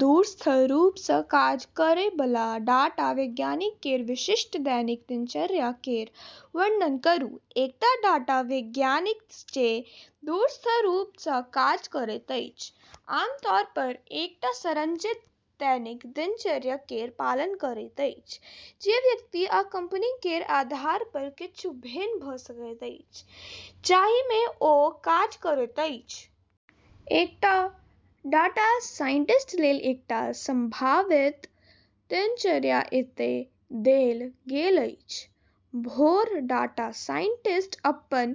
दूरस्थ रूप सँ काज करै बला डाटा वैज्ञानिक केर विशिष्ट दैनिक दिनचर्या केर वर्णन करू। एकटा डाटा वैज्ञानिक जे दूरस्थ रूप सँ काज करैत अछि, आमतौर पर एकटा संरचित दैनिक दिनचर्या केर पालन करैत अछि, जे व्यक्ति आ कंपनी केर आधार पर किछु भिन्न भऽ सकैत अछि, जाहि मे ओ काज करैत अछि। एकटा डाटा साइंटिस्ट लेल एकटा सम्भावित दिनचर्या एतय देल गेल अछि: भोर: डाटा साइंटिस्ट अपन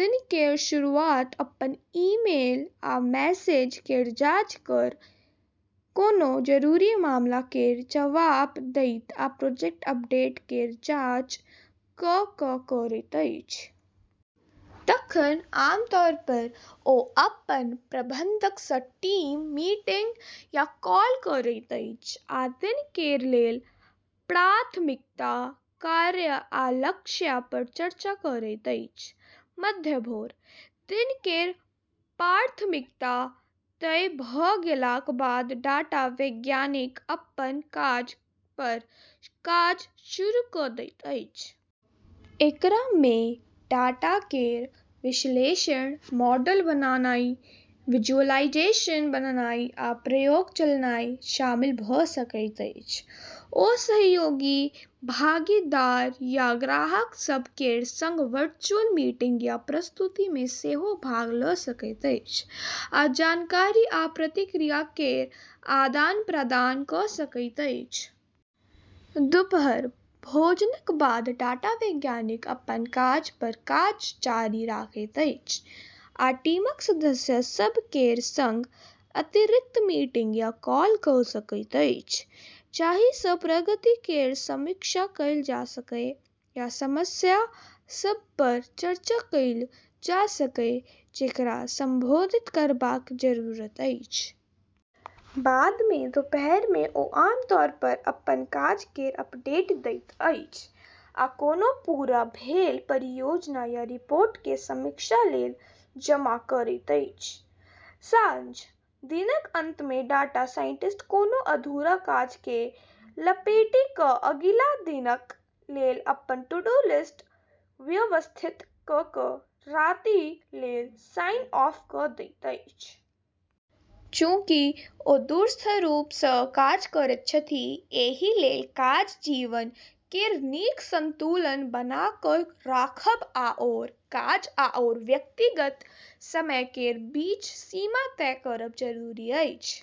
दिन केर शुरुआत अपन ईमेल आ मैसेज केर जांच कऽ, कोनो जरूरी मामला केर जवाब दैत आ प्रोजेक्ट अपडेट केर जांच कऽ कऽ करैत अछि। तखन, आमतौर पर ओ अपन प्रबंधक सँ टीम मीटिंग या कॉल करैत अछि आ दिन केर लेल प्राथमिकता, कार्य आ लक्ष्य पर चर्चा करैत अछि। मध्य भोर: दिन केर प्राथमिकता तय भऽ गेलाक बाद डाटा वैज्ञानिक अपन काज पर काज शुरू कऽ दैत अछि। एकरा मे डाटा केर विश्लेषण, मॉडल बनानाइ, विजुअलाइजेशन बनानाइ, आ प्रयोग चलानाइ शामिल भऽ सकैत अछि। ओ सहयोगी, भागीदार या ग्राहक सभ केर संग वर्चुअल मीटिंग या प्रस्तुति मे सेहो भाग लऽ सकैत अछि आ जानकारी आ प्रतिक्रिया केर आदान-प्रदान कऽ सकैत अछि। दुपहर: भोजनक बाद डाटा वैज्ञानिक अपन काज पर काज जारी राखैत अछि, आ टीमक सदस्य सभ केर संग अतिरिक्त मीटिंग या कॉल कऽ सकैत अछि जाहि सँ प्रगति केर समीक्षा कएल जा सकय या समस्या सभ पर चर्चा कएल जा सकय जेकरा संबोधित करबाक जरूरत अछि। बाद मे दुपहर मे ओ आम तौर पर अपन काज केर अपडेट दैत अछि आ कोनो पूरा भेल परियोजना या रिपोर्ट केँ समीक्षा लेल जमा करैत अछि। साँझ: दिनक अंत मे डाटा साइंटिस्ट कोनो अधूरा काज केँ लपेटि कऽ अगिला दिनक लेल अपन टू-डू लिस्ट व्यवस्थित कऽ कऽ राति लेल साइन ऑफ कऽ दैत अछि। चूँकि ओ दूरस्थ रूप सँ काज करैत छथि, एहि लेल काज-जीवन केर नीक संतुलन बना कऽ राखब आओर काज आओर व्यक्तिगत समय केर बीच सीमा तय करब जरूरी अछि।